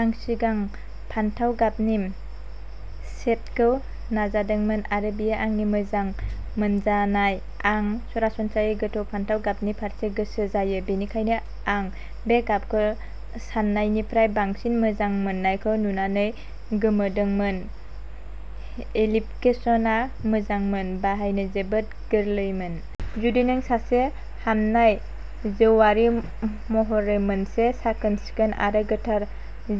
आं सिगां फान्थाव गाबनि शेडखौ नाजादोंमोन आरो बेयो आंनि मोजां मोनजानाय। आं सरासनस्रायै गोथौ फान्थाव गाबनि फारसे गोसो जायो, बेनिखायनो आं बे गाबखौ सान्नायनिफ्राय बांसिन मोजां मोननायखौ नुनानै गोमोदोंमोन। एप्लिकेशनआ मोजांमोन, बाहायनो जोबोद गोरलैमोन। जुदि नों सासे हामनाय जौआरि महरै मोनसे साखोन-सिखोन आरो गोथार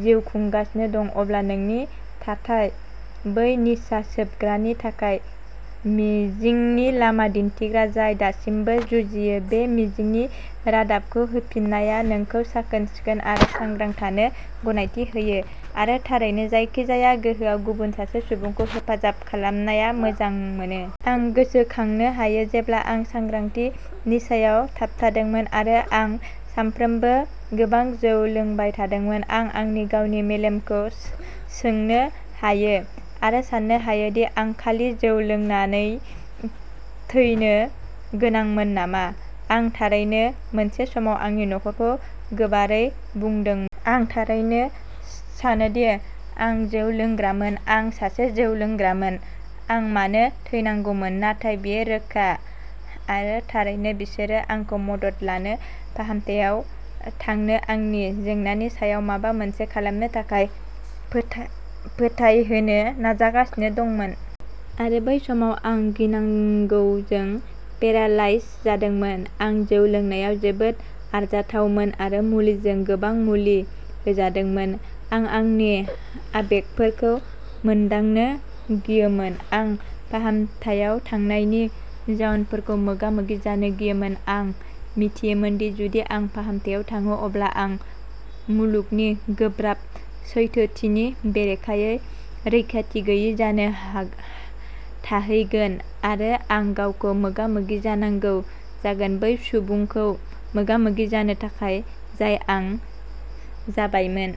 जिउ खुंगासिनो दं, अब्ला नोंनि थाथाया बै निसा सोबग्रानि थाखाय मिजिंनि लामा दिन्थिग्रा जाय दासिमबो जुजियो। बे मिजिंनि रादाबखौ होफिन्नाया नोंखौ साखोन-सिखोन आरो सांग्रां थानो गनायथि होयो, आरो थारैनो जायखिजाया गोहोआव गुबुन सासे सुबुंखौ हेफाजाब खालामनाया मोजां मोनो। आं गोसोखांनो हायो जेब्ला आं सांग्रां निसायाव थाबथादोंमोन आरो आं सानफ्रोमबो गोबां जौ लोंबाय थादोंमोन। आं आंनि गावनि मेलेमखौ सोंनो हायो, आरो साननो हायो दि आं खालि जौ लोंनानै थैनो गोनांमोन नामा। आं थारैनो मोनसे समाव आंनि नखरखौ गोबारै बुंदोंमोन। "आं थारैनो सानोदि आं जौ लोंग्रामोन। आं सासे जौ लोंग्रामोन। आं मानो थैनांगौमोन, नाथाय बेयो रोखा। " आरो थारैनो बिसोरो आंखौ मदद लानो, फाहामथायाव थांनो, आंनि जेंनानि सायाव माबा मोनसे खालामनो थाखाय फोथायहोनो नाजागासिनो दंमोन। आरो बै समाव आं गिनांगौजों पेरालाइज जादोंमोन। आं जौ लोंनायाव जोबोद आरजाथावमोन आरो मुलिजों गोबां मुलि होजादोंमोन। आं आंनि आबेगफोरखौ मोनदांनो गियोमोन, आं फाहामथायाव थांनायनि जाउनफोरखौ मोगा-मोगि जानो गियोमोन। आं मिथियोमोनदि जुदि आं फाहामथायाव थाङो अब्ला आं मुलुगनि गोब्राब सैथोथिनि बेरेखायै रैखाथि गैयै जाना थाहैगोन, आरो आं गावखौ मोगा-मोगि जानांगौ जागोन; बै सुबुंखौ मोगा-मोगि जानो थाखाय जाय आं जाबायमोन।